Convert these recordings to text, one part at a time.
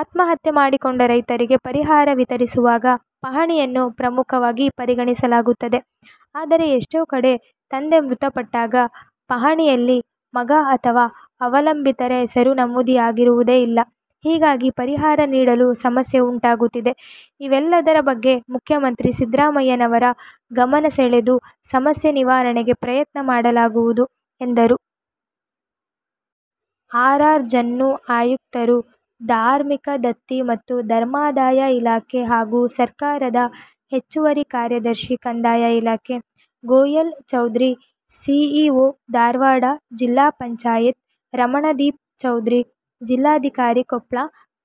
ಆತ್ಮಹತ್ಯೆ ಮಾಡಿಕೊಂಡ ರೈತರಿಗೆ ಪರಿಹಾರ ವಿತರಿಸುವಾಗ ಪಹಣಿಯನ್ನು ಪ್ರಮುಖವಾಗಿ ಪರಿಗಣಿಸಲಾಗುತ್ತದೆ. ಆದರೆ, ಎಷ್ಟೋ ಕಡೆ ತಂದೆ ಮೃತಪಟ್ಟಾಗ ಪಹಣಿಯಲ್ಲಿ ಮಗ ಅಥವಾ ಅವಲಂಬಿತರ ಹೆಸರು ನಮೂದಾಗಿರುವುದೇ ಇಲ್ಲ. ಹೀಗಾಗಿ ಪರಿಹಾರ ನೀಡಲು ಸಮಸ್ಯೆ ಉಂಟಾಗುತ್ತಿದೆ. ಇವೆಲ್ಲದರ ಬಗ್ಗೆ ಮುಖ್ಯಮಂತ್ರಿ ಸಿದ್ದರಾಮಯ್ಯನವರ ಗಮನ ಸೆಳೆದು ಸಮಸ್ಯೆ ನಿವಾರಣೆಗೆ ಪ್ರಯತ್ನ ಮಾಡಲಾಗುವುದು ಎಂದರು. ಆರ್. ಆರ್. ಜನ್ನು- ಆಯುಕ್ತರು, ಧಾರ್ಮಿಕ ದತ್ತಿ ಮತ್ತು ಧರ್ಮಾದಾಯ ಇಲಾಖೆ ಹಾಗೂ ಸರ್ಕಾರದ ಹೆಚ್ಚುವರಿ ಕಾರ್ಯದರ್ಶಿ, ಕಂದಾಯ ಇಲಾಖೆ. ಗೊಯಲ್ ಚೌಧರಿ- ಸಿಇಓ, ಧಾರವಾಡ ಜಿಲ್ಲಾ ಪಂಚಾಯತಿ. ರಮಣದೀಪ್ ಚೌಧರಿ- ಜಿಲ್ಲಾಧಿಕಾರಿ, ಕೊಪ್ಪಳ.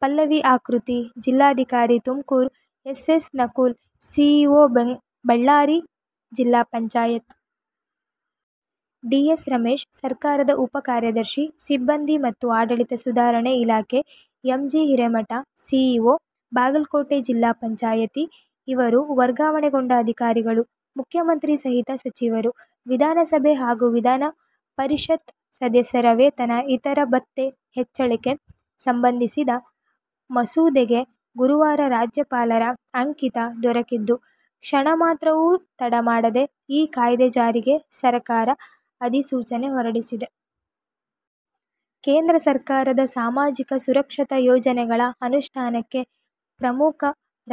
ಪಲ್ಲವಿ ಆಕೃತಿ- ಜಿಲ್ಲಾಧಿಕಾರಿ, Tumakuru. S. S. Nakul- CEO, Ballari ಜಿಲ್ಲಾ ಪಂಚಾಯತಿ. ಡಿ. ಎಸ್. ರಮೇಶ್- ಸರ್ಕಾರದ ಉಪ ಕಾರ್ಯದರ್ಶಿ, ಸಿಬ್ಬಂದಿ ಮತ್ತು ಆಡಳಿತ ಸುಧಾರಣೆ ಇಲಾಖೆ. M. G. Hiremath- CEO, Bagalkot ಜಿಲ್ಲಾ ಪಂಚಾಯತಿ, ಇವರು ವರ್ಗಾವಣೆಗೊಂಡ ಅಧಿಕಾರಿಗಳು. ಮುಖ್ಯಮಂತ್ರಿ ಸಹಿತ ಸಚಿವರು, ವಿಧಾನಸಭೆ ಹಾಗೂ ವಿಧಾನ ಪರಿಷತ್ ಸದಸ್ಯರ ವೇತನ, ಇತರ ಭತ್ತೆ ಹೆಚ್ಚಳಕ್ಕೆ ಸಂಬಂಧಿಸಿದ ಮಸೂದೆಗೆ ಗುರುವಾರ ರಾಜ್ಯಪಾಲರ ಅಂಕಿತ ದೊರಕಿದ್ದು, ಕ್ಷಣ ಮಾತ್ರವೂ ತಡ ಮಾಡದೆ ಈ ಕಾಯ್ದೆ ಜಾರಿಗೆ ಸರಕಾರ ಅಧಿಸೂಚನೆ ಹೊರಡಿಸಿದೆ. ಕೇಂದ್ರ ಸರ್ಕಾರದ ಸಾಮಾಜಿಕ ಸುರಕ್ಷತಾ ಯೋಜನೆಗಳ ಅನುಷ್ಠಾನಕ್ಕೆ ಪ್ರಮುಖ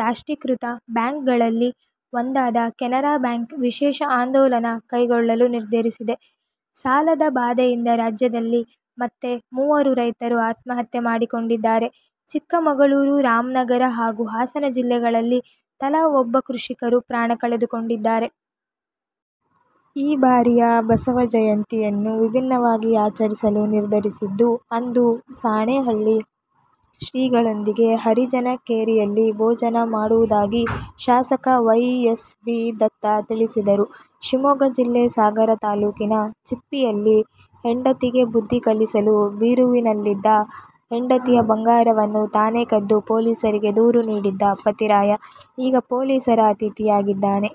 ರಾಷ್ಟ್ರೀಕೃತ ಬ್ಯಾಂಕ್ಗಳಲ್ಲಿ ಒಂದಾದ ಕೆನರಾ ಬ್ಯಾಂಕ್ ವಿಶೇಷ ಆಂದೋಲನ ಕೈಗೊಳ್ಳಲು ನಿರ್ಧರಿಸಿದೆ. ಸಾಲದ ಬಾಧೆಯಿಂದ ರಾಜ್ಯದಲ್ಲಿ ಮತ್ತೆ ಮೂವರು ರೈತರು ಆತ್ಮಹತ್ಯೆ ಮಾಡಿಕೊಂಡಿದ್ದಾರೆ. ಚಿಕ್ಕಮಗಳೂರು, ರಾಮನಗರ ಹಾಗೂ ಹಾಸನ ಜಿಲ್ಲೆಗಳಲ್ಲಿ ತಲಾ ಒಬ್ಬ ಕೃಷಿಕರು ಪ್ರಾಣ ಕಳೆದುಕೊಂಡಿದ್ದಾರೆ. ಈ ಬಾರಿಯ ಬಸವ ಜಯಂತಿ ಯನ್ನು ವಿಭಿನ್ನವಾಗಿ ಆಚರಿಸಲು ನಿರ್ಧರಿಸಿದ್ದು, ಅಂದು ಸಾಣೇಹಳ್ಳಿ ಶ್ರೀಗಳೊಂದಿಗೆ ಹರಿಜನ ಕೇರಿಯಲ್ಲಿ ಭೋಜನ ಮಾಡುವುದಾಗಿ ಶಾಸಕ ವೈ. ಎಸ್. ವಿ. ದತ್ತ ತಿಳಿಸಿದರು. ಶಿವಮೊಗ್ಗ ಜಿಲ್ಲೆ ಸಾಗರ ತಾಲೂಕಿನ ಚಿಪ್ಳಿಯಲ್ಲಿ ಹೆಂಡತಿಗೆ ಬುದ್ಧಿ ಕಲಿಸಲು ಬೀರುವಿನಲ್ಲಿದ್ದ ಹೆಂಡತಿಯ ಬಂಗಾರವನ್ನು ತಾನೇ ಕದ್ದು, ಪೊಲೀಸರಿಗೆ ದೂರು ನೀಡಿದ್ದ ಪತಿರಾಯ ಈಗ ಪೊಲೀಸರ ಅತಿಥಿಯಾಗಿದ್ದಾನೆ.